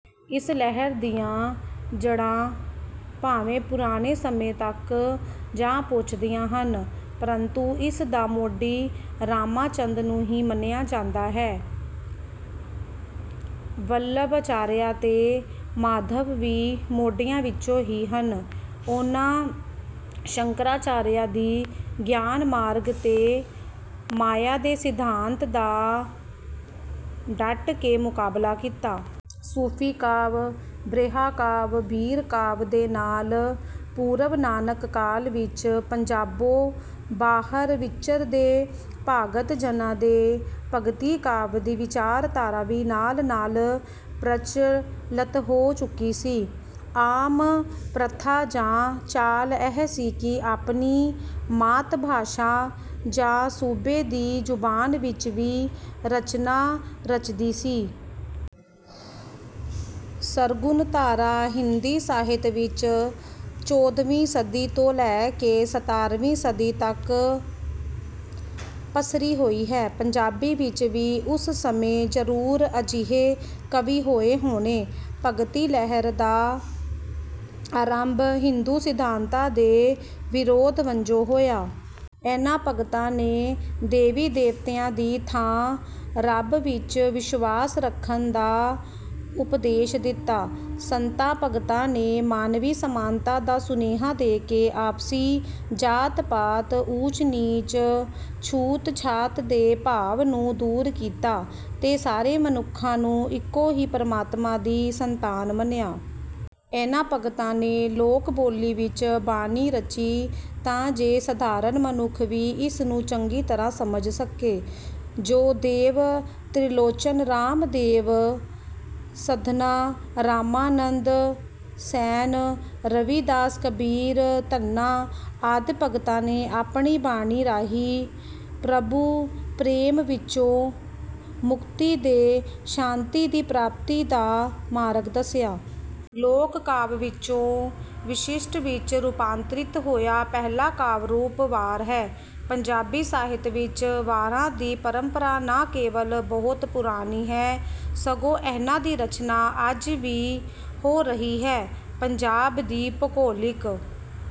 ਇਸ ਲਹਿਰ ਦੀਆਂ ਜੜ੍ਹਾਂ ਭਾਵੇਂ ਪੁਰਾਣੇ ਸਮੇਂ ਤੱਕ ਜਾ ਪੁੱਜਦੀਆਂ ਹਨ। ਪ੍ਰੰਤੂ ਇਸ ਦਾ ਮੋਢੀ ਰਾਮਾਚੰਦ ਨੂੰ ਹੀ ਮੰਨਿਆ ਜਾਂਦਾ ਹੈ। ਵਲਭ ਅਚਾਰੀਆ ਤੇ ਮਾਧਵ ਵੀ ਮੋਢੀਆਂ ਵਿੱਚੋਂ ਹੀ ਹਨ। ਇਨ੍ਹਾਂ ਸ਼ੰਕਰਾਚਾਰੀਆ ਦੀ ਗਿਆਨ ਮਾਰਗ ਤੇ ਮਾਇਆ ਦੇ ਸਿਧਾਂਤ ਦਾ ਡੱਟ ਕੇ ਮੁਕਾਬਲਾ ਕੀਤਾ। ਸੂਫੀ ਕਾਵਿ ਬ੍ਰਿਹਾ ਕਾਵਿ ਬੀਰ ਕਾਵਿ ਦੇ ਨਾਲ ਪੂਰਵ ਨਾਨਕ ਕਾਲ ਵਿੱਚ ਪੰਜਾਬੋਂ ਬਾਹਰ ਵਿਚਰਦੇ ਭਾਗਤ ਜਨਾਂ ਦੇ ਭਗਤੀ ਕਾਵਿ ਦੀ ਵਿਚਾਰਧਾਰਾ ਵੀ ਨਾਲ ਨਾਲ ਪ੍ਰਚੱਲਤ ਹੋ ਚੁੱਕੀ ਸੀ। ਆਮ ਪ੍ਰਥਾ ਜਾਂ ਚਾਲ ਇਹ ਸੀ ਕਿ ਆਪਣੀ ਮਾਤ ਭਾਸ਼ਾ ਜਾਂ ਸੂਬੇ ਦੀ ਜ਼ੁਬਾਨ ਵਿੱਚ ਵੀ ਰਚਨਾ ਰਚਦੀ ਸੀ। ਸਰਗੁਣ ਧਾਰਾ ਹਿੰਦੀ ਸਾਹਿਤ ਵਿੱਚ ਚੌਧਵੀਂ ਸਦੀ ਤੋਂ ਲੈ ਕੇ ਸਤਾਰਵੀਂ ਸਦੀ ਤੱਕ ਪਸਰੀ ਹੋਈ ਹੈ। ਪੰਜਾਬੀ ਵਿੱਚ ਵੀ ਉਸ ਸਮੇਂ ਜਰੂਰ ਅਜਿਹੇ ਕਵੀ ਹੋਏ ਹੋਣੇ। ਭਗਤੀ ਲਹਿਰ ਦਾ ਆਰੰਭ ਹਿੰਦੂ ਸਿਧਾਂਤਾਂ ਦੇ ਵਿਰੋਧ ਵਜੋਂ ਹੋਇਆ। ਇਹਨਾਂ ਭਗਤਾਂ ਨੇ ਦੇਵੀ ਦੇਵਤਿਆਂ ਦੀ ਥਾਂ ਰੱਬ ਵਿੱਚ ਵਿਸ਼ਵਾਸ ਰੱਖਣ ਦਾ ਉਪਦੇਸ਼ ਦਿੱਤਾ। ਸੰਤਾਂ ਭਗਤਾਂ ਨੇ ਮਾਨਵੀ ਸਮਾਨਤਾ ਦਾ ਸੁਨੇਹਾ ਦੇ ਕੇ ਆਪਸੀ ਜਾਤ ਪਾਤ ਊਚ ਨੀਚ ਛੂਤ ਛਾਤ ਦੇ ਭਾਵ ਨੂੰ ਦੂਰ ਕੀਤਾ ਤੇ ਸਾਰੇ ਮਨੁੱਖਾਂ ਨੂੰ ਇੱਕੋ ਹੀ ਪ੍ਰਮਾਤਮਾ ਦੀ ਸੰਤਾਨ ਮੰਨਿਆ। ਇਹਨਾਂ ਭਗਤਾਂ ਨੇ ਲੋਕ ਬੋਲੀ ਵਿੱਚ ਬਾਣੀ ਰਚੀ ਤਾਂ ਜੇ ਸਧਾਰਨ ਮਨੁੱਖ ਵੀ ਇਸ ਨੂੰ ਚੰਗੀ ਤਰ੍ਹਾਂ ਸਮਝ ਸਕੇ। ਜੈ ਦੇਵ ਤ੍ਰਿਲੋਚਨ ਰਾਮਦੇਵ ਸਧਨਾ ਰਾਮਾਨੰਦ ਸੈਣ ਰਵੀਦਾਸ ਕਬੀਰ ਧੰਨਾ ਆਦਿ ਭਗਤਾਂ ਨੇ ਆਪਣੀ ਬਾਣੀ ਰਾਹੀਂ ਪ੍ਰਭੂ ਪ੍ਰੇਮ ਵਿੱਚੋਂ ਮੁਕਤੀ ਤੇ ਸ਼ਾਂਤੀ ਦੀ ਪ੍ਰਾਪਤੀ ਦਾ ਮਾਰਗ ਦੱਸਿਆ। ਲੋਕ ਕਾਵਿ ਵਿੱਚੋਂ ਵਿਸ਼ਸ਼ਿਟ ਵਿੱਚ ਰੂਪਾਂਤਰਿਤ ਹੋਇਆ ਪਹਿਲਾ ਕਾਵਿ ਰੂਪ ਵਾਰ ਹੈ। ਪੰਜਾਬੀ ਸਾਹਿਤ ਵਿੱਚ ਵਾਰਾਂ ਦੀ ਪਰੰਪਰਾ ਨਾ ਕੇਵਲ ਬਹੁਤ ਪੁਰਾਣੀ ਹੈ ਸਗੋਂ ਇਹਨਾਂ ਦੀ ਰਚਨਾ ਅੱਜ ਵੀ ਹੋ ਰਹੀ ਹੈ। ਪੰਜਾਬ ਦੀ ਭੂਗੋਲਿਕ।